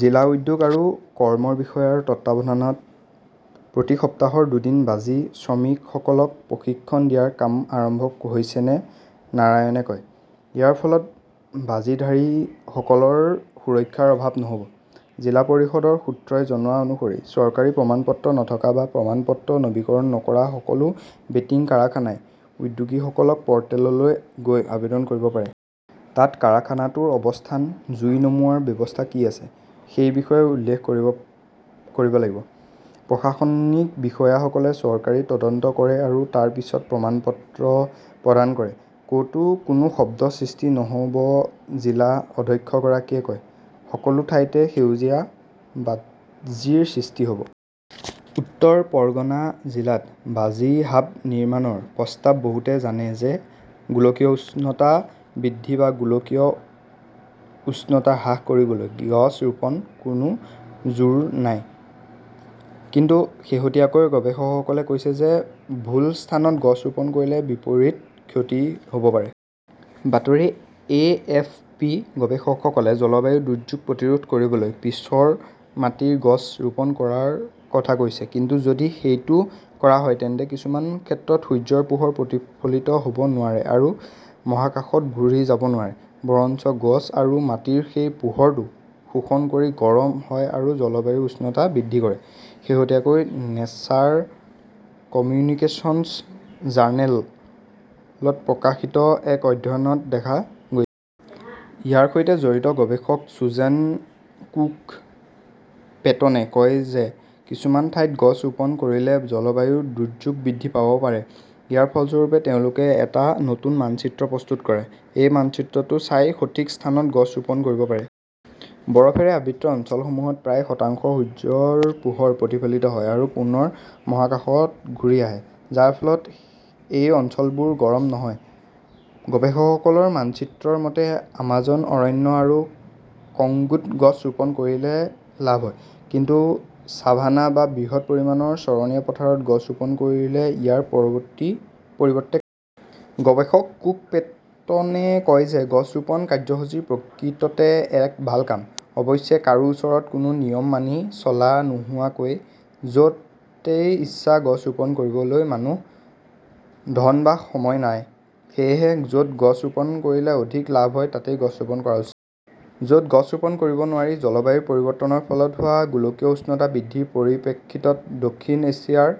জিলা উদ্যোগ আৰু কৰ্মৰ বিষয়াৰ তত্বাৱধানত প্ৰতি সপ্তাহত দুদিন বাজি শ্ৰমিকসকলক প্ৰশিক্ষণ দিয়াৰ কাম আৰম্ভ হৈছে নাৰায়ণে কয়। ইয়াৰ ফলত বাজিধাৰীসকলৰ সুৰক্ষাৰ অভাৱ নহ'ব। জিলা পৰিষদৰ সূত্ৰই জনোৱা অনুসৰি চৰকাৰী প্ৰমাণপত্ৰ নথকা বা প্ৰমাণপত্ৰ নৱীকৰণ নকৰা সকলো বেটিং কাৰখানাই উদ্যোগীসকলৰ প'ৰ্টেললৈ গৈ আবেদন কৰিব পাৰে। তাত কাৰখানাটোৰ অৱস্থান, জুই নুমুৱাৰ ব্যৱস্থা কি আছে সেই বিষয়ে উল্লেখ কৰিব লাগিব। প্ৰশাসনিক বিষয়াসকলে চৰকাৰী তদন্ত কৰে আৰু তাৰ পিছত প্ৰমাণপত্ৰ প্ৰদান কৰে। ক'তো কোনো শব্দ সৃষ্টি নহ'ব জিলা অধ্যক্ষগৰাকীয়ে কয়। সকলো ঠাইতে সেউজীয়া বাজিৰ সৃষ্টি হ'ব। উত্তৰ পৰগনা জিলাত 'বাজি হাব নিৰ্মাণৰ প্ৰস্তাৱ বহুতে জানে যে গোলকীয় উষ্ণতা বৃদ্ধি বা গোলকীয় উষ্ণতা হ্ৰাস কৰিবলৈ গছ ৰোপণৰ কোনো যোৰ নাই। কিন্তু শেহতীয়াকৈ গৱেষকসকলে কৈছে যে ভুল স্থানত গছ ৰোপণ কৰিলে বিপৰীত ক্ষতি হ 'ব পাৰে। বাতৰি-এ. এফ. পি. -গৱেষকসকলে জলবায়ু দুৰ্যোগ প্ৰতিৰোধ কৰিবলৈ পিছৰ মাটিত গছ ৰোপণ কৰাৰ কথা কৈছে। কিন্তু যদি এইটো কৰা হয় তেন্তে কিছুমান ক্ষেত্ৰত সূৰ্য্যৰ পোহৰ প্ৰতিফলিত হ 'ব নোৱাৰে আৰু মহাকাশত ঘূৰি যাব নোৱাৰে, বৰঞ্চ গছ আৰু মাটি সেই পোহৰটো শোষণ কৰি গৰম হয় আৰু জলবায়ুৰ উষ্ণতা বৃদ্ধি কৰে, শেহতীয়াকৈ নেচাৰ কমিউনিকেচনছ জাৰ্নেলত প্ৰকাশিত এক অধ্যয়নত দেখা গৈ ইয়াৰ সৈতে জড়িত গৱেষক চুজেন কুক-পেটনে কয় যে কিছুমান ঠাইত গছ ৰোপণ কৰিলে জলবায়ু দুৰ্যোগ বৃদ্ধি পাব পাৰে। ইয়াৰ ফলস্বৰূপে তেওঁলোকে এটা নতুন মানচিত্ৰ প্ৰস্তুত কৰে। এই মানচিত্ৰটো চাই সঠিক স্থানত গছ ৰোপণ কৰিব পাৰি। বৰফেৰে আবৃত অঞ্চলসমূহত প্ৰায় শতাংশ সূৰ্য্যৰ পোহৰ প্ৰতিফলিত হয় আৰু পুনৰ মহাকাশত ঘূৰি আহে, যাৰ ফলত এই অঞ্চলবোৰ গৰম নহয়। গৱেষকসকলৰ মানচিত্ৰৰ মতে, আমাজন অৰণ্য আৰু কংগোত গছ ৰোপণ কৰিলে লাভ হয়, কিন্তু ছাভানা বা বৃহৎ পৰিমাণৰ চৰণীয়া পথাৰত গছ ৰোপণ কৰিলে ইয়াৰ পৰৱৰ্তী পৰিৱৰ্তে গৱেষক কুক-পেটনে কয় যে গছ ৰোপণ কাৰ্যসূচী প্ৰকৃততে এক ভাল কাম। অৱশ্যে, কাৰো ওচৰত কোনো নিয়ম মানি চলা নোহোৱাকৈ য 'তেই ইচ্ছা গছ ৰোপণ কৰিবলৈ মানুহ, ধন বা সময় নাই। সেয়েহে, য 'ত গছ ৰোপণ কৰিলে অধিক লাভ হয় তাতেই গছ ৰোপণ কৰা উচিত। য 'ত গছ ৰোপণ কৰিব নোৱাৰি জলবায়ু পৰিৱৰ্তনৰ ফলত হোৱা গোলকীয় উষ্ণতা বৃদ্ধিৰ পৰিপ্ৰেক্ষিতত দক্ষিণ এছিয়াৰ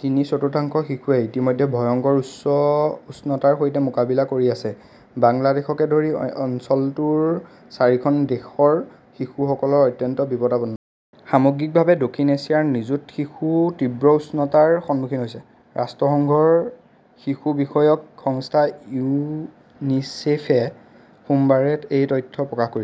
তিনি-চতুৰ্থাংশ শিশুৱে ইতিমধ্যে ভয়ংকৰ উচ্চ উষ্ণতাৰ সৈতে মোকাবিলা কৰি আছে। বাংলাদেশকে ধৰি অঞ্চলটোৰ চাৰিখন দেশৰ শিশুসকল অত্যন্ত বিপদাপন্ন। সামগ্ৰিকভাৱে দক্ষিণ এছিয়াৰ নিযুত শিশু তীব্ৰ উষ্ণতাৰ সন্মুখীন হৈছে। ৰাষ্ট্ৰসংঘৰ শিশু বিষয়ক সংস্থা ইউনিচেফে সোমবাৰে এই তথ্য প্ৰকাশ ক